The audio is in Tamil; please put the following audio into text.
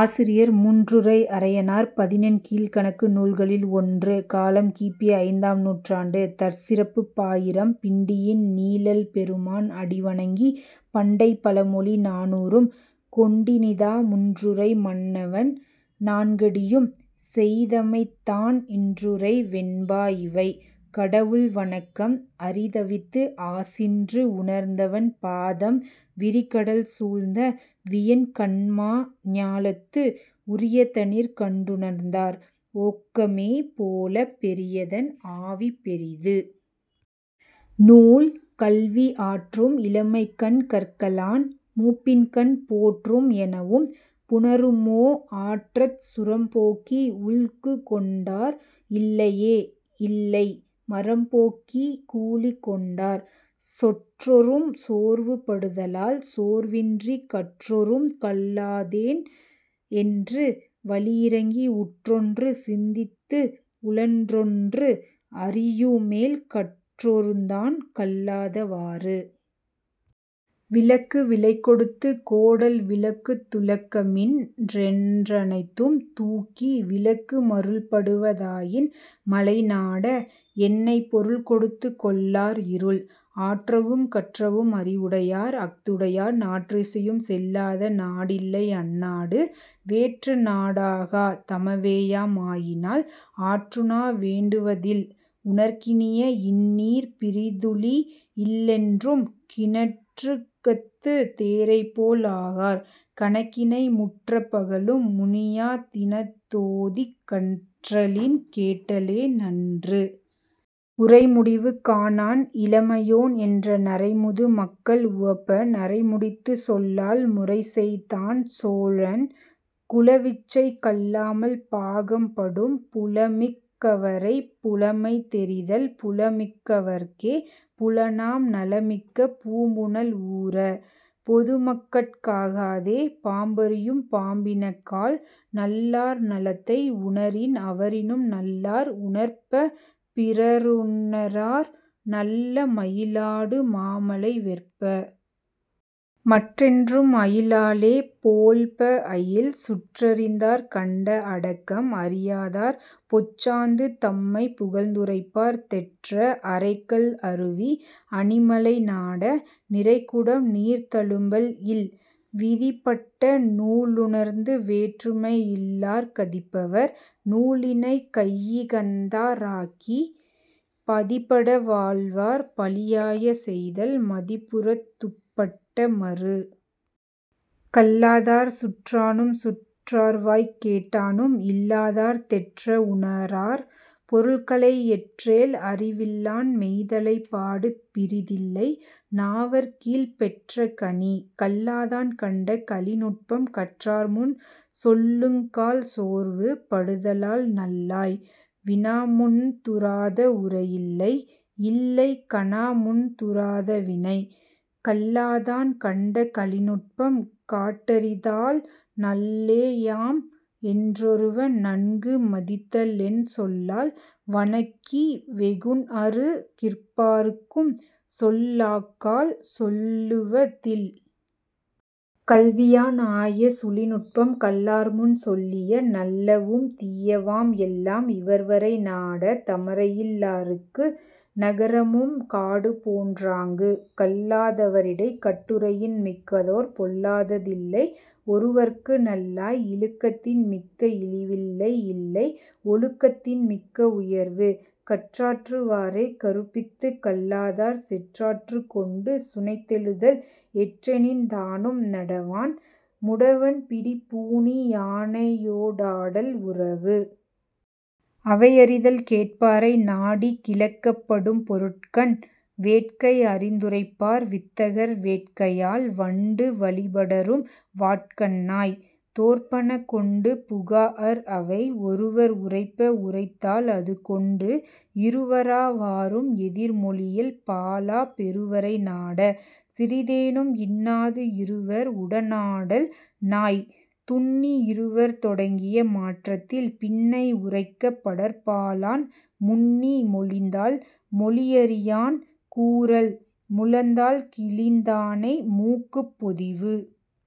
ஆசிரியர் மூன்றுறை அரையனார் பதினென் கீழ்க்கணக்கு நூல்களில் ஒன்று காலம் கி. பி. ஐந்தாம் நூற்றாண்டு தற்சிறப்புப் பாயிரம் பிண்டியின் நீழல் பெருமான் அடிவணங்கிப் பண்டைப் பழமொழி நானூறும் கொண்டினிதா முன்றுறை மன்னவன் நான்கடியும் செய்தமைத்தான் இன்றுறை வெண்பா இவை. கடவுள் வணக்கம் அரிதவித்து ஆசின்று உணர்ந்தவன் பாதம் விரிகடல் சூழ்ந்த வியன்கண்மா ஞாலத்து உரியதனிற் கண்டுணர்ந்தார் ஓக்கமே போலப் 'பெரியதன் ஆவி பெரிது. ' நூல். கல்வி ஆற்றும் இளமைக்கண் கற்கலான் மூப்பின்கண் போற்றும் எனவும் புணருமோ ஆற்றச் 'சுரம்போக்கி உல்குகொண்டார் இல்லையே யில்லை மரம்போக்கிக் கூலிகொண் டார்'. சொற்றொறும் சோர்வு படுதலால் சோர்வின்றிக் கற்றொறும் கல்லாதேன் என்று வழியிரங்கி உற்றொன்று சிந்தித்து உழன்றொன்று அறியுமேல் 'கற்றொறுந்தான் கல்லாத வாறு'. விளக்கு விலைகொடுத்துக் கோடல் விளக்குத் துளக்கமின் றென்றனைத்தும் தூக்கி விளக்கு மருள்படுவ தாயின் மலைநாட! என்னை 'பொருள்கொடுத்துக் கொள்ளார் இருள்'. ஆற்றவும் கற்றவும் அறிவுடையார்; அஃதுடையார் நாற்றிசையும் செல்லாத நாடில்லை அந்நாடு வேற்றுநா டாகா; தமவேயாம் ஆயினால் 'ஆற்றுணா வேண்டுவ தில்'. உணற்கினிய இன்னீர் பிறிதுழி இல்லென்றும் கிணற்றுகத்துத் தேரைபோல் ஆகார் கணக்கினை முற்றப் பகலும் முனியா இனிதோதிக் 'கற்றலின் கேட்டலே நன்று'. உரைமுடிவு காணான் இளமையோன் என்ற நரைமுது மக்கள் உவப்ப நரைமுடித்துச் சொல்லால் முறைசெய்தான் சோழன் 'குலவிச்சை கல்லாமல் பாகம் படும்'. புலமிக் கவரைப் புலமை தெரிதல் புலமிக் கவர்க்கே புலனாம் நலமிக்க பூம்புனல் ஊர! பொதுமக்கட் காகாதே 'பாம்பறியும் பாம்பின கால்'. நல்லார் நலத்தை உணரின் அவரினும் நல்லார் உணர்ப பிறருணரார் நல்ல மயிலாடு மாமலை வெற்ப! மற்றென்றும் 'அயிலாலே போழ்ப அயில்'. சுற்றறிந்தார் கண்ட அடக்கம் அறியாதார் பொச்சாந்து தம்மைப் புகழ்ந்துரைப்பார் தெற்ற அறைகல் அருவி அணிமலை நாட! 'நிறைகுடம் நீர்தளும்பல் இல்'. விதிப்பட்ட நூலுணர்ந்து வேற்றுமை இல்லார் கதிப்பவர் நூலினைக் கையிகந்தா ராகிப் பதிப்பட வாழ்வார் பழியாய செய்தல் 'மதிப்புறத்துப் பட்ட மறு'.. கல்லாதார் சுற்றானும் சுற்றார்வாய்க் கேட்டானும் இல்லாதார் தெற்ற உணரார் பொருள்களை எற்றேல் அறிவில்லான் மெய்தலைப் பாடு பிறிதில்லை 'நாவற் கீழ்ப் பெற்ற கனி'. கல்லாதான் கண்ட கழிநுட்பம் கற்றார்முன் சொல்லுங்கால் சோர்வு படுதலால் நல்லாய்! 'வினாமுந் துறாத உரையில்லை; இல்லை கனாமுந் துறாத வினை'. கல்லாதான் கண்ட கழிநுட்பம் காட்டரிதால் நல்லேம்யாம் என்றொருவன் நன்கு மதித்தலென் சொல்லால் வணக்கி வெகுண்அரு கிற்பார்க்கும் 'சொல்லாக்கால் சொல்லுவ தில்'. கல்வியான் ஆய சுழிநுட்பம் கல்லார்முன் சொல்லிய நல்லவும் தீயவாம் எல்லாம் இவர்வரை நாட! 'தமரையில் லார்க்கு நகரமும் காடுபோன் றாங்கு'. கல்லா தவரிடைக் கட்டுரையின் மிக்கதோர் பொல்லாத தில்லை ஒருவற்கு நல்லாய்! 'இழுக்கத்தின் மிக்க இழிவில்லை இல்லை ஒழுக்கத்தின் மிக்க உயர்வு'. கற்றாற்று வாரைக் கறுப்பித்துக் கல்லாதார் சொற்றாற்றுக் கொண்டு சுனைத்தெழுதல் எற்றெனின் தானும் நடவான் 'முடவன் பிடிப்பூணி யானையோ டாடல் உறவு'.. அவையறிதல் கேட்பாரை நாடிக் கிளக்கப் படும்பொருட்கண் வேட்கை அறிந்துரைப்பார் வித்தகர் வேட்கையால் வண்டு வழிபடரும் வாட்கண்ணாய்! 'தோற்பன கொண்டு புகாஅர் அவை'. ஒருவர் உரைப்ப உரைத்தால் அதுகொண்டு இருவரா வாரும் எதிர்மொழியல் பாலா பெருவரை நாட! சிறிதேனும் 'இன்னாது இருவர் உடனாடல் நாய்'. துன்னி இருவர் தொடங்கிய மாற்றத்தில் பின்னை உரைக்கப் படற்பாலான் முன்னி மொழிந்தால் மொழியறியான் கூறல் 'முழந்தாள் கிழிந்தானை மூக்குப் பொதிவு'.